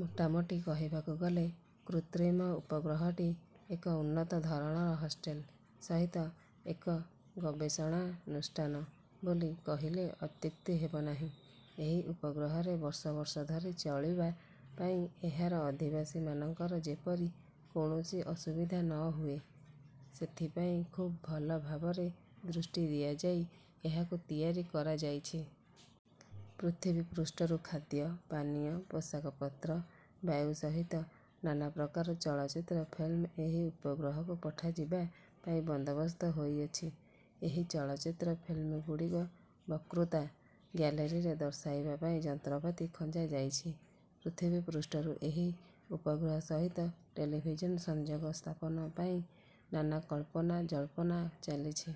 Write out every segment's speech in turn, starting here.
ମୋଟାମୋଟି କହିବାକୁ ଗଲେ କୃତ୍ରିମ ଉପଗ୍ରହଟି ଏକ ଉନ୍ନତ ଧରଣର ହଷ୍ଟେଲ ସହିତ ଏକ ଗବେଷଣାନୁଷ୍ଠାନ ବୋଲି କହିଲେ ଅତ୍ୟୁକ୍ତି ହେବନାହିଁ। ଏହି ଉପଗ୍ରହରେ ବର୍ଷ ବର୍ଷ ଧରି ଚଳିବା ପାଇଁ ଏହାର ଅଧିବାସୀମାନଙ୍କର ଯେପରି କୌଣସି ଅସୁବିଧା ନ ହୁଏ, ସେଥିପାଇଁ ଖୁବ୍ ଭଲ ଭାବରେ ଦୃଷ୍ଟି ଦିଆଯାଇ ଏହାକୁ ତିଆରି କରାଯାଇଛି। ପୃଥିବୀ ପୃଷ୍ଠରୁ ଖାଦ୍ୟ, ପାନୀୟ, ପୋଷାକପତ୍ର, ବାୟୁ ସହିତ ନାନା ପ୍ରକାର ଚଳଚ୍ଚିତ୍ର ଫିଲ୍ମ ଏହି ଉପଗ୍ରହକୁ ପଠାଯିବା ପାଇଁ ବନ୍ଦୋବସ୍ତ ହୋଇଅଛି। ଏହି ଚଳଚ୍ଚିତ୍ର ଫିଲ୍ମଗୁଡ଼ିକ ବକୃତା। ଗ୍ୟାଲେରୀରେ ଦର୍ଶାଇବା ପାଇଁ ଯନ୍ତ୍ରପାତି ଖଞ୍ଜାଯାଇଛି। ପୃଥିବୀପୃଷ୍ଠରୁ ଏହି ଉପଗ୍ରହ ସହିତ ଟେଲିଭିଜନ୍ ସଂଯୋଗ ସ୍ଥାପନ ପାଇଁ ନାନାକଳ୍ପନା-ଜଳ୍ପନା ଚାଲିଛି।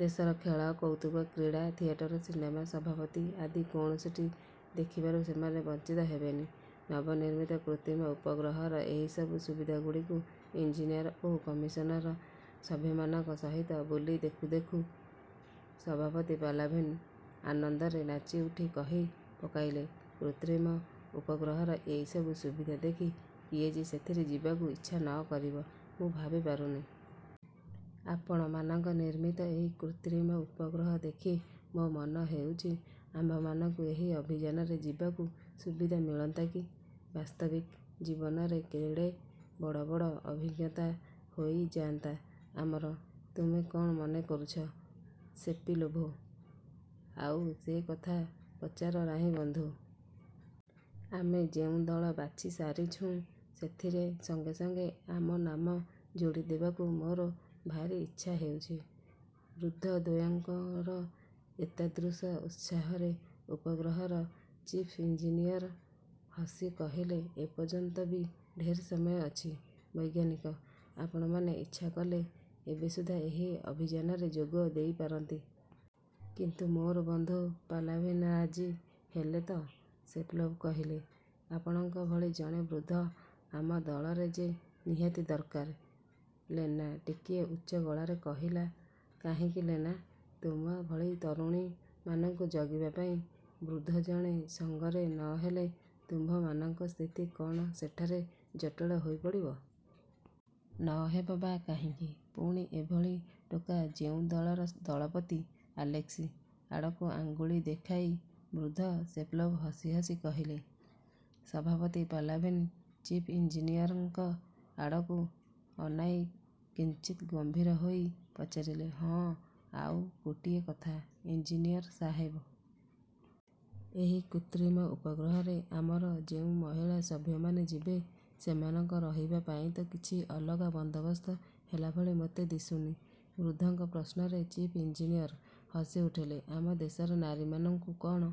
ଦେଶର ଖେଳ, କୌତୁକ, କ୍ରୀଡ଼ା, ଥିଏଟର, ସିନେମା, ସଭାପତି ଆଦି କୌଣସିଟି ଦେଖିବାରୁ ସେମାନେ ବଞ୍ଚିତ ହେବେନି। ନବନିର୍ମିତ କୃତ୍ରିମ ଉପଗ୍ରହର ଏହି ସବୁ ସୁବିଧାଗୁଡ଼ିକୁ ଇଞ୍ଜିନିଅର ଓ କମିଶନର ସଭ୍ୟମାନଙ୍କ ସହିତ ବୁଲି ଦେଖୁଁ ଦେଖୁଁ ସଭାପତି ପାଲାଭିନ୍ ଆନନ୍ଦରେ ନାଚିଉଠି କହି ପକାଇଲେ–''କୃତ୍ରିମ ଉପଗ୍ରହର ଏଇସବୁ ସୁବିଧା ଦେଖି, କିଏ ଯେ ସେଥିରେ ଯିବାକୁ ଇଚ୍ଛା ନ କରିବ ମୁଁ ଭାବିପାରୁନି। ଆପଣମାନଙ୍କ ନିର୍ମିତ ଏଇ କୃତ୍ରିମ ଉପଗ୍ରହ ଦେଖି ମୋ ମନ ହେଉଛି, ଆମ୍ଭମାନଙ୍କୁ ଏ ଅଭିଯାନରେ ଯିବାକୁ ସୁବିଧା ମିଳନ୍ତା କି? ବାସ୍ତବିକ୍ ଜୀବନରେ କେଡ଼େ ବଡ଼ ବଡ଼ ଅଭିଜ୍ଞତା ହୋଇଯାଆନ୍ତା ଆମର? ତୁମେ କ'ଣ ମନେ କରୁଛ ସେପିଲୋଭ? '' ''ଆଉ ସେ କଥା ପଚାର ନାହିଁ ବନ୍ଧୁ। ଆମେ ଯେଉଁ ଦଳ ବାଛିସାରିଛୁଁ, ସେଥିରେ ସଙ୍ଗେ ସଙ୍ଗେ ଆମ ନାମ ଯୋଡ଼ିଦେବାକୁ ମୋର ଭାରି ଇଚ୍ଛା ହେଉଛି। '' ବୃଦ୍ଧଦ୍ୱୟଙ୍କର ଏତାଦୃଶ ଉତ୍ସାହରେ ଉପଗ୍ରହର ଚିଫ୍ଇଞ୍ଜିନିଅର ହସି କହିଲେ, ''ଏପର୍ଯ୍ୟନ୍ତ ବି ଢେର୍ ସମୟ ଅଛି ବୈଜ୍ଞାନିକ। ଆପଣମାନେ ଇଚ୍ଛା କଲେ ଏବେ ସୁଦ୍ଧା ଏହି ଅଭିଯାନରେ ଯୋଗ ଦେଇପାରନ୍ତି। '' ''କିନ୍ତୁ ମୋର ବନ୍ଧୁ ପାଲାଭିନାଜି ହେଲେ ତ? '' ସେପିଲୋଭ୍ କହିଲେ। ''ଆପଣଙ୍କ ଭଳି ଜଣେ ବୃଦ୍ଧ ଆମ ଦଳରେ ଯେ ନିହାତି ଦରକାର। '' ଲେନା ଟିକିଏ ଉଚ୍ଚ ଗଳାରେ କହିଲା। ''କାହିଁକି ଲେନା, ତୁମ ଭଳି ତରୁଣୀମାନଙ୍କୁ ଜଗିବା ପାଇଁ ବୃଦ୍ଧ ଜଣେ ସଙ୍ଗରେ ନ ନେଲେ ତୁମ୍ଭମାନଙ୍କ ସ୍ଥିତି କ'ଣ ସେଠାରେ ଜଟିଳ ହୋଇ ପଡ଼ିବ? ନ ହେବ ବା କାହିଁକି; ପୁଣି ଏଭଳି ଟୋକା ଯେଉଁ ଦଳର ଦଳପତି? '' ଆଲେସ୍କି ଆଡ଼କୁ ଆଙ୍ଗୁଳି ଦେଖାଇ ବୃଦ୍ଧ ସେପଲୋଭ୍ ହସି ହସି କହିଲେ। ସଭାପତି ପାଲାଭିନ୍ ଚିଫ୍ ଇଞ୍ଜିନିଅରଙ୍କ ଆଡ଼କୁ ଅନାଇ କିଞ୍ଚିତ୍ ଗମ୍ଭୀର ହୋଇ ପଚାରିଲେ–''ହଁ, ଆଉ ଗୋଟିଏ କଥା, ଇଞ୍ଜିନିଅର୍ ସାହେବ। ଏହି କୃତ୍ରିମ ଉପଗ୍ରହରେ ଆମର ଯେଉଁ ମହିଳା ସଭ୍ୟମାନେ ଯିବେ, ସେମାନଙ୍କ ରହିବାପାଇଁ ତ କିଛି ଅଲଗା ବନ୍ଦୋବସ୍ତ ହେଲାଭଳି ମୋତେ ଦିଶୁନି? '' ବୃଦ୍ଧଙ୍କ ପ୍ରଶ୍ନରେ ଚିଫ୍ଇଞ୍ଜିନିଅର୍ ହସିଉଠିଲେ-''ଆମ ଦେଶର ନାରୀମାନଙ୍କୁ କଣ